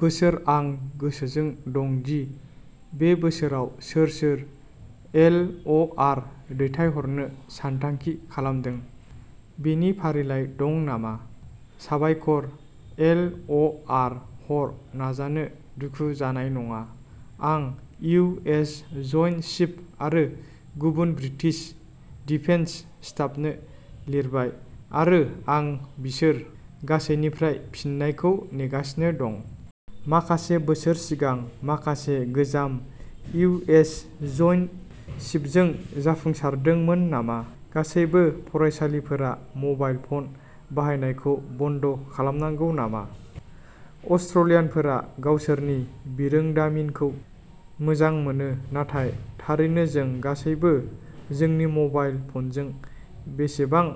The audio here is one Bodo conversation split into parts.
बोसोर आं गोसोजों दं दि बे बोसोराव सोर सोर एल अ आर दैथायहरनो सानथांखि खालामदों बेनि फारिलाइ दं नामा। साबायखर। एल अ आर हर नाजानो दुखु जानाय नङा। आं इउ एस जोइन्ट चीफ्स आरो गुबुन ब्रिटिश डिफेन्स स्टाफनो लिरबाय आरो आं बिसोर गासैनिफ्राय फिननायखौ नेगासिनो दं। माखासे बोसोर सिगां माखासे गोजाम इउ एस जोइन्ट चीफ्सजों जाफुंसारदोंमोन नामा। गासैबो फरायसालिफोरा मबाइल फन बाहायनायखौ बन्द खालामनांगौ नामा? अस्ट्रेलियानफोरा गावसोरनि बिरोंदामिनखौ मोजां मोनो नाथाय थारैनो जों गासैबो जोंनि मबाइल फनजों बेसेबां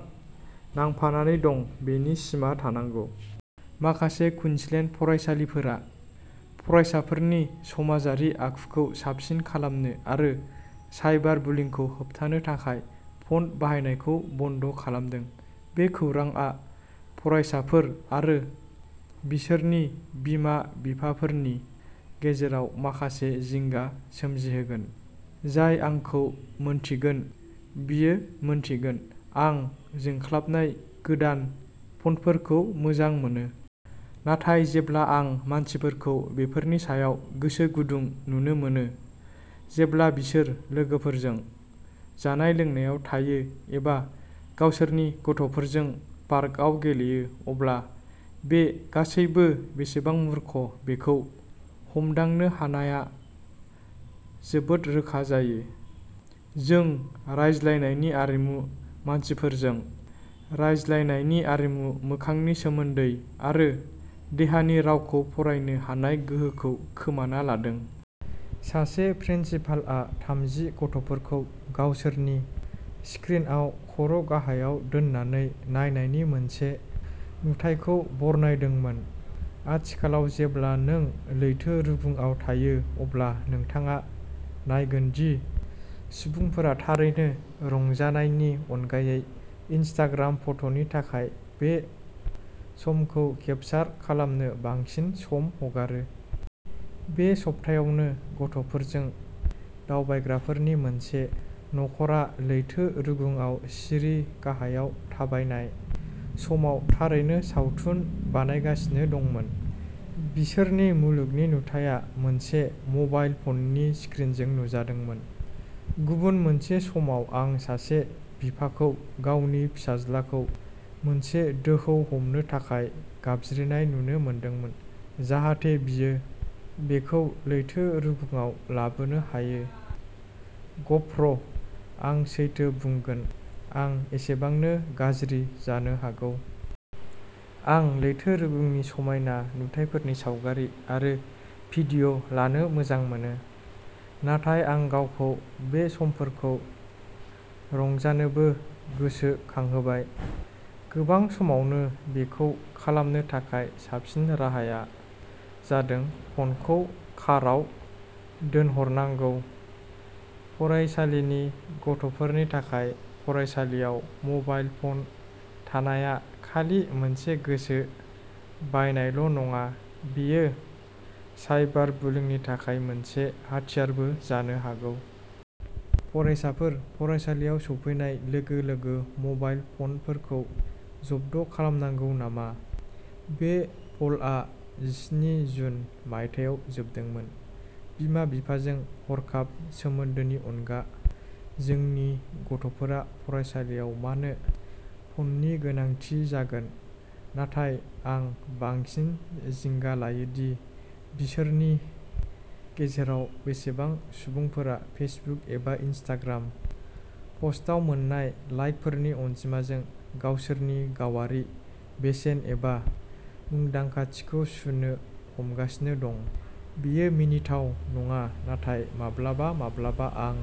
नांफानानै दं बेनि सिमा थानांगौ। माखासे कुइन्सलेन्ड फरायसालिफोरा फरायसाफोरनि समाजारि आखुखौ साबसिन खालामनो आरो साइबार बुलिंखौ होबथानो थाखाय फन बाहायनायखौ बन्द खालामदों बे खौरांआ फरायसाफोर आरो बिसोरनि बिमा बिफाफोरनि गेजेराव माखासे जिंगा सोमजिहोगोन। जाय आंखौ मिन्थिगोन बियो मिन्थिगोन आं जोंख्लाबनाय गोदान फनफोरखौ मोजां मोनो। नाथाय जेब्ला आं मानसिफोरखौ बेफोरनि सायाव गोसो गुदुं नुनो मोनो। जेब्ला बिसोर लोगोफोरजों जानाय लोंनायाव थायो एबा गावसोरनि गथ'फोरजों पार्कआव गेलेयो अब्ला बे गासैबो बेसेबां मूर्ख बेखौ हमदांनो हानायआ जोबोद रोखा जायो। जों रायज्लायनायनि आरिमु मानसिफोरजों रायज्लायनायनि आरिमु मोखांनि सोमोन्दो आरो देहानि रावखौ फरायनो हानाय गोहोखौ खोमाना लादों। सासे प्रिन्सिपालआ थामजि गथ'फोरखौ गावसोरनि स्क्रिनआव खर'गाहायाव दोननानै नायनायनि मोनसे नुथायखौ बरनायदोंमोन। आथिखालाव जेब्ला नों लैथो रुगुंआव थाङो अब्ला नोंथाङा नायगोन दि सुबुंफोरा थारैनो रंजानायनि अनगायै इनस्टाग्राम फट'नि थाखाय बे समखौ'केपसार'खालामनो बांसिन सम हगारो। बे सप्तायावनो गथ'फोरजों दावबायग्राफोरनि मोनसे नख'रा लैथो रुगुंआव सिरि गाहायाव थाबायनाय समाव थारैनो सावथुन बानायगासिनो दंमोन। बिसोरनि मुलुगनि नुथाया मोनसे म'बाइल फ'ननि स्क्रिनजों नुजादोंमोन। गुबुन मोनसे समाव आं सासे बिफाखौ गावनि फिसाज्लाखौ मोनसे दोहौ हमनो थाखाय गाबज्रिनाय नुनो मोनदोंमोन जाहाथे बियो बेखौ लैथो रुगुंआव लाबोनो हायो ग'प्र' आं सैथो बुंगोन आं एसेबांनो गाज्रि जानो हागौ। आं लैथो रुगुंनि समायना नुथायफोरनि सावगारि आरो भिडिय'लानो मोजां मोनो। नाथाय आं गावखौ बे समफोरखौ रंजानोबो गोसोखांहोबाय। गोबां समावनो बेखौ खालामनो थाखाय साबसिन राहाया जादों फ'नखौ काराव दोनहरनांगौ। फरायसालिनि गथ'फोरनि थाखाय फरायसालियाव मबाइल फ'न थानाया खालि मोनसे गोसो बायनायल'नङा बेयो साइबार बुलिंनि थाखाय मोनसे हाथियारबो जानो हागौ। फरायसाफोर फरायसालियाव सौफैनाय लोगो लोगो मबाइल फ'नफोरखौ जब्द खालामनांगौ नामा? बे पोलआ जिस्नि जुन मायथाइयाव जोबदोंमोन। बिमा बिफाफोरजों हरखाब सोमोन्दोनि अनगा जोंनि गथ'फोरा फरायसालियाव मानो फ'ननि गोनांथि जागोन नाथाय आं बांसिन जिंगा लायो दि बिसोरनि गेजेराव बेसेबां सुबुंफोरा फेसबुक एबा इनस्टाग्राम पस्टआव मोन्नाय लाइकफोरनि अनजिमाजों गावसोरनि गावआरि बेसेन एबा मुंदांखाथिखौ सुनो हमगासिनो दं। बेयो मिनिथाव नङा नाथाय माब्लाबा माब्लाबा आं